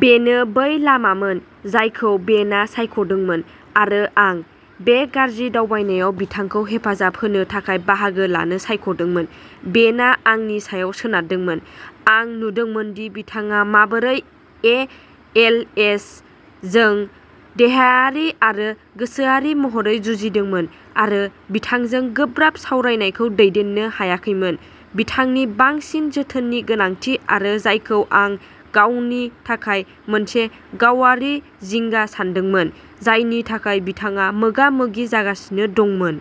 बेनो बै लामामोन जायखौ बेनआ सायख'दोंमोन आरो आं। बे गाज्रि दावबायनायाव बिथांखौ हेफाजाब होनो थाखाय बाहागो लानो सायख'दोंमोन। बेनआ आंनि सायाव सोनारदोंमोन। आं नुदोंमोनदि बिथाङा माबोरै ए. एल. एस. जों देहायारि आरो गोसोआरि महरै जुजिदोंमोन आरो बिथांजों गोब्राब सावरायनायखौ दैदेननो हायाखैमोन, बिथांनि बांसिन जोथोननि गोनांथि आरो जायखौ आं गावनि थाखाय मोनसे गावआरि जिंगा सान्दोंमोन, जायनि थाखाय बिथाङा मोगा-मोगि जागासिनो दंमोन।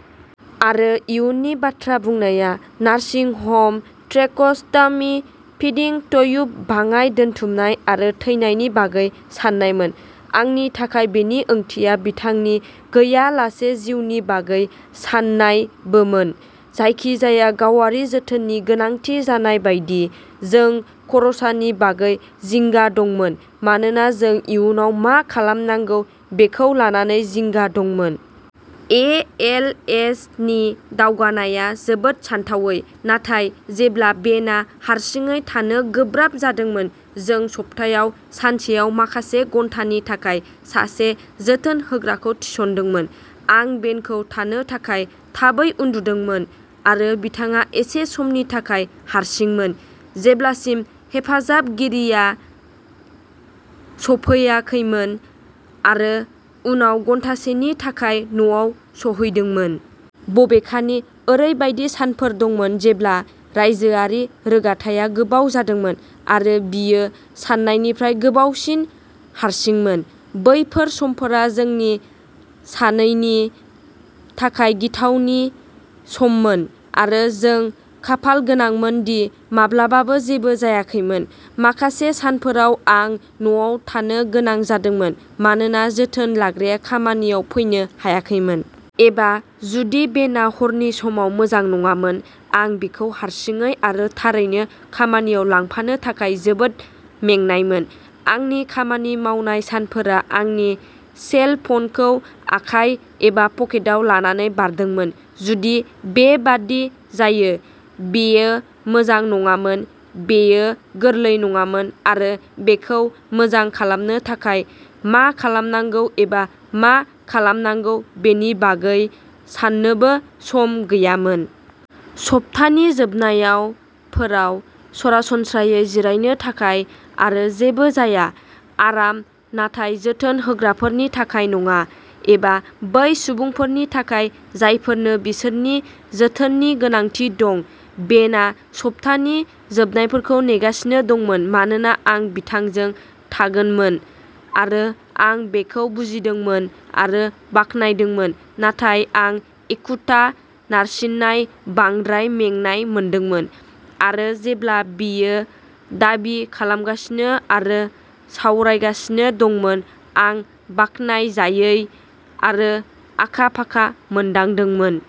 आरो, इयुननि बाथ्रा बुंनाया nursing home, tracheostomy, feeding tube, बाङाइ दोनथुमनाय आरो थैनायनि बागै सान्नायमोन। आंनि थाखाय, बेनि ओंथिया बिथांनि गैयालासे जिउनि बागै सान्नायबोमोन। जायखिजाया गावारि जोथोननि गोनांथि जानाय बायदि, जों खरसानि बागै जिंगा दंमोन मानोना जों इयुनाव मा खालामनांगौ बेखौ लानानै जिंगा दंमोन। ए. एल. एस. नि दावगानायआ जोबोद सानथावै। नाथाय, जेब्ला बेनआ हारसिङै थानो गोब्राब जादोंमोन, जों सप्तायाव सानसेयाव माखासे घन्टानि थाखाय सासे जोथोनहोग्राखौ थिसनदोंमोन। आं बेनखौ थानो थाखाय थाबै उन्दुदोंमोन आरो बिथाङा एसे समनि थाखाय हारसिंमोन जेब्लासिम हेफाजाबगिरिया सौफैाखैमोन आरो उनाव घन्टासेनि थाखाय न'आव सौहैदोंमोन। बबेखानि, ओरैबायदि सानफोर दंमोन जेब्ला रायजोआरि रोगाथाइआ गोबाव जादोंमोन आरो बियो सान्नायनिफ्राय गोबावसिन हारसिंमोन। बैफोर समफोरा जोंनि सानैनि थाखाय गिथावनि सममोन, आरो जों खाफालगोनांमोन दि माब्लाबाबो जेबो जायाखैमोन। माखासे सानफोराव आं न'आव थानो गोनां जादोंमोन मानोना जोथोन लाग्राया खामानियाव फैनो हायाखैमोन। एबा, जुदि बेनआ हरनि समाव मोजां नङामोन, आं बिखौ हारसिङै आरो थारैनो, खामानियाव लांफानो थाखाय जोबोद मेंनायमोन। आंनि खामानि मावनाय सानफोरा आंनि सेल फ'नखौ आखाइ एबा पकेटआव लानानै बारदोंमोन, जुदि बेबादि जायो। बेयो मोजां नङामोन, बेयो गोरलै नङामोन, आरो बेखौ मोजां खालामनो थाखाय मा खालामनांगौ एबा मा खालामनांगौ बेनि बागै साननोबो सम गैयामोन। सप्तानि जोबनायावफोरा सरासनस्रायै जिरायनो थाखाय आरो जेबो जाया। आराम, नाथाय जोथोन होग्राफोरनि थाखाय नङा, एबा बै सुबुंफोरनि थाखाय जायफोरनो बिसोरनि जोथोननि गोनांथि दं। बेनआ सप्तानि जोबनायफोरखौ नेगासिनो दंमोन मानोना आं बिथांजों थागोनमोन, आरो आं बेखौ बुजिदोंमोन आरो बाख्नायदोंमोन, नाथाय आं एखुथा, नारसिननाय, बांद्राय मेंनाय मोनदोंमोन, आरो जेब्ला बियो दाबि खालामगासिनो आरो सावरायगासिनो दंमोन, आं बाखनायजायै आरो आखा-फाखा मोनदांदोंमोन।